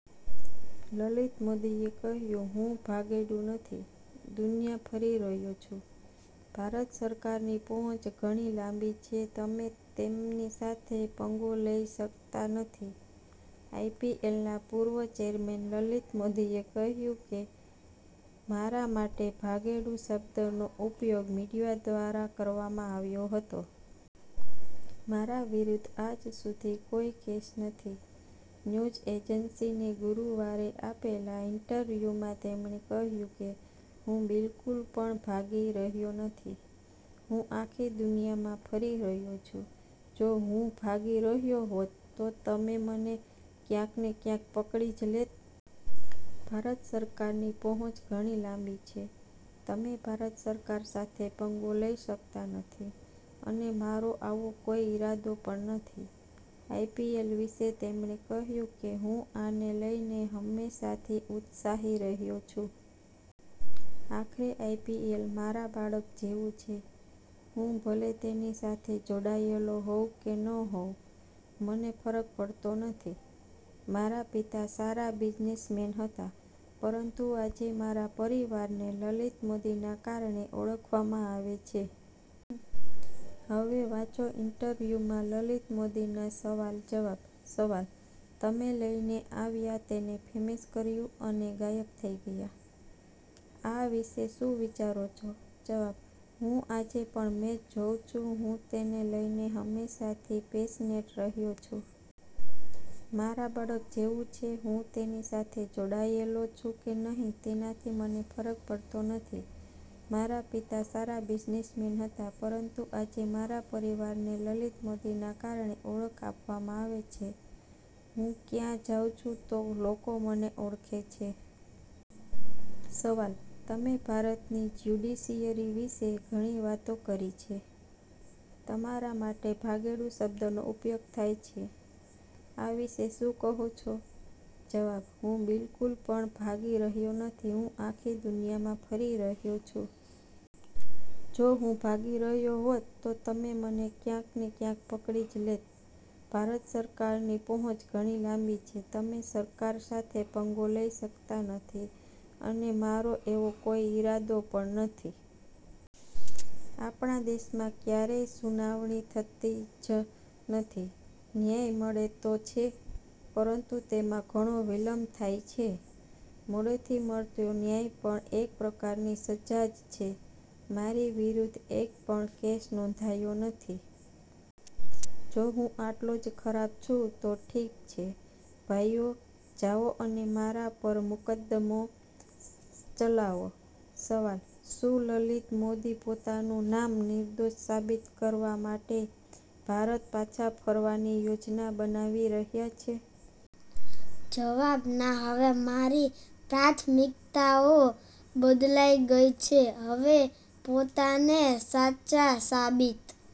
લલિત મોદીએ કહ્યું, " હું ભાગેડુ નથી, દુનિયા ફરી રહ્યો છું. ભારત સરકારની પહોંચ ઘણી લાંબી છે, તમે તેમની સાથે પંગો લઈ શકતા નથી. આઈપીએલના પૂર્વ ચેરમેન લલિત મોદીએ કહ્યું કે, "મારા માટે ભાગેડુ શબ્દનો ઉપયોગ મીડિયા દ્વારા કરવામાં આવ્યો હતો. મારા વિરુદ્ધ આજ સુધી કોઈ કેસ નથી." ન્યૂઝ એજન્સી ને ગુરુવારે આપેલા ઇન્ટરવ્યુમાં તેમણે કહ્યું, "કે હું બિલકુલ પણ ભાગી રહ્યો નથી. હું આખી દુનિયામાં ફરી રહ્યો છું. જો હું ભાગી રહ્યો હોત, તો તમે મને ક્યાંક ને ક્યાંક પકડી જ લેત. ભારત સરકારની પહોંચ ઘણી લાંબી છે. તમે ભારત સરકાર સાથે પંગો લઈ શકતા નથી. અને મારો આવો કોઈ ઇરાદો પણ નથી." આઈપીએલ વિશે તેમણે કહ્યું કે, "હું આને લઈને હંમેશાથી ઉત્સાહી રહ્યો છું. આખરે આઈપીએલ મારા બાળક જેવું છે. હું ભલે તેની સાથે જોડાયેલો હોઉં કે ન હોઉં, મને ફરક પડતો નથી. મારા પિતા સારા બિઝનેસમેન હતા, પરંતુ આજે મારા પરિવારને લલિત મોદીના કારણે ઓળખવામાં આવે છે." હવે વાંચો ઇન્ટરવ્યુમાં લલિત મોદીના સવાલ-જવાબ:- સવાલ: "તમે લઈને આવ્યા, તેને ફેમસ કર્યું અને ગાયબ થઈ ગયા. આ વિશે શું વિચારો છો?" જવાબ: "હું આજે પણ મેચ જોઉં છું. હું તેને લઈને હંમેશાથી પેશનેટ રહ્યો છું. મારા બાળક જેવું છે. હું તેની સાથે જોડાયેલો છું કે નહીં, તેનાથી મને ફરક પડતો નથી. મારા પિતા સારા બિઝનેસમેન હતા, પરંતુ આજે મારા પરિવારને લલિત મોદીના કારણે ઓળખવામાં આવે છે. હું ક્યાંય જાઉં છું તો લોકો મને ઓળખે છે. " સવાલ: "તમે ભારતની જ્યુડિશિયરી વિશે ઘણી વાતો કરી છે. તમારા માટે 'ભાગેડુ' શબ્દનો ઉપયોગ થાય છે. આ વિશે શું કહેશો?" જવાબ: "હું બિલકુલ પણ ભાગી રહ્યો નથી. હું આખી દુનિયામાં ફરી રહ્યો છું. જો હું ભાગી રહ્યો હોત, તો તમે મને ક્યાંક ને ક્યાંક પકડી જ લેત. ભારત સરકારની પહોંચ ઘણી લાંબી છે. તમે સરકાર સાથે પંગો લઈ શકતા નથી. અને મારો એવો કોઈ ઇરાદો પણ નથી. આપણા દેશમાં ક્યારેય સુનાવણી થતી જ નથી. ન્યાય મળે તો છે, પરંતુ તેમાં ઘણો વિલંબ થાય છે. મોડેથી મળતો ન્યાય પણ એક પ્રકારની સજા જ છે. મારી વિરુદ્ધ એક પણ કેસ નોંધાયો નથી. જો હું આટલો જ ખરાબ છું તો ઠીક છે, ભાઈઓ, જાઓ અને મારા પર મુકદ્દમો ચલાવો." સવાલ: "શું લલિત મોદી પોતાનું નામ નિર્દોષ સાબિત કરવા માટે ભારત પાછા ફરવાની યોજના બનાવી રહ્યા છે?" જવાબ: "ના, હવે મારી પ્રાથમિકતાઓ બદલાઈ ગઈ છે. હવે પોતાને સાચા સાબિત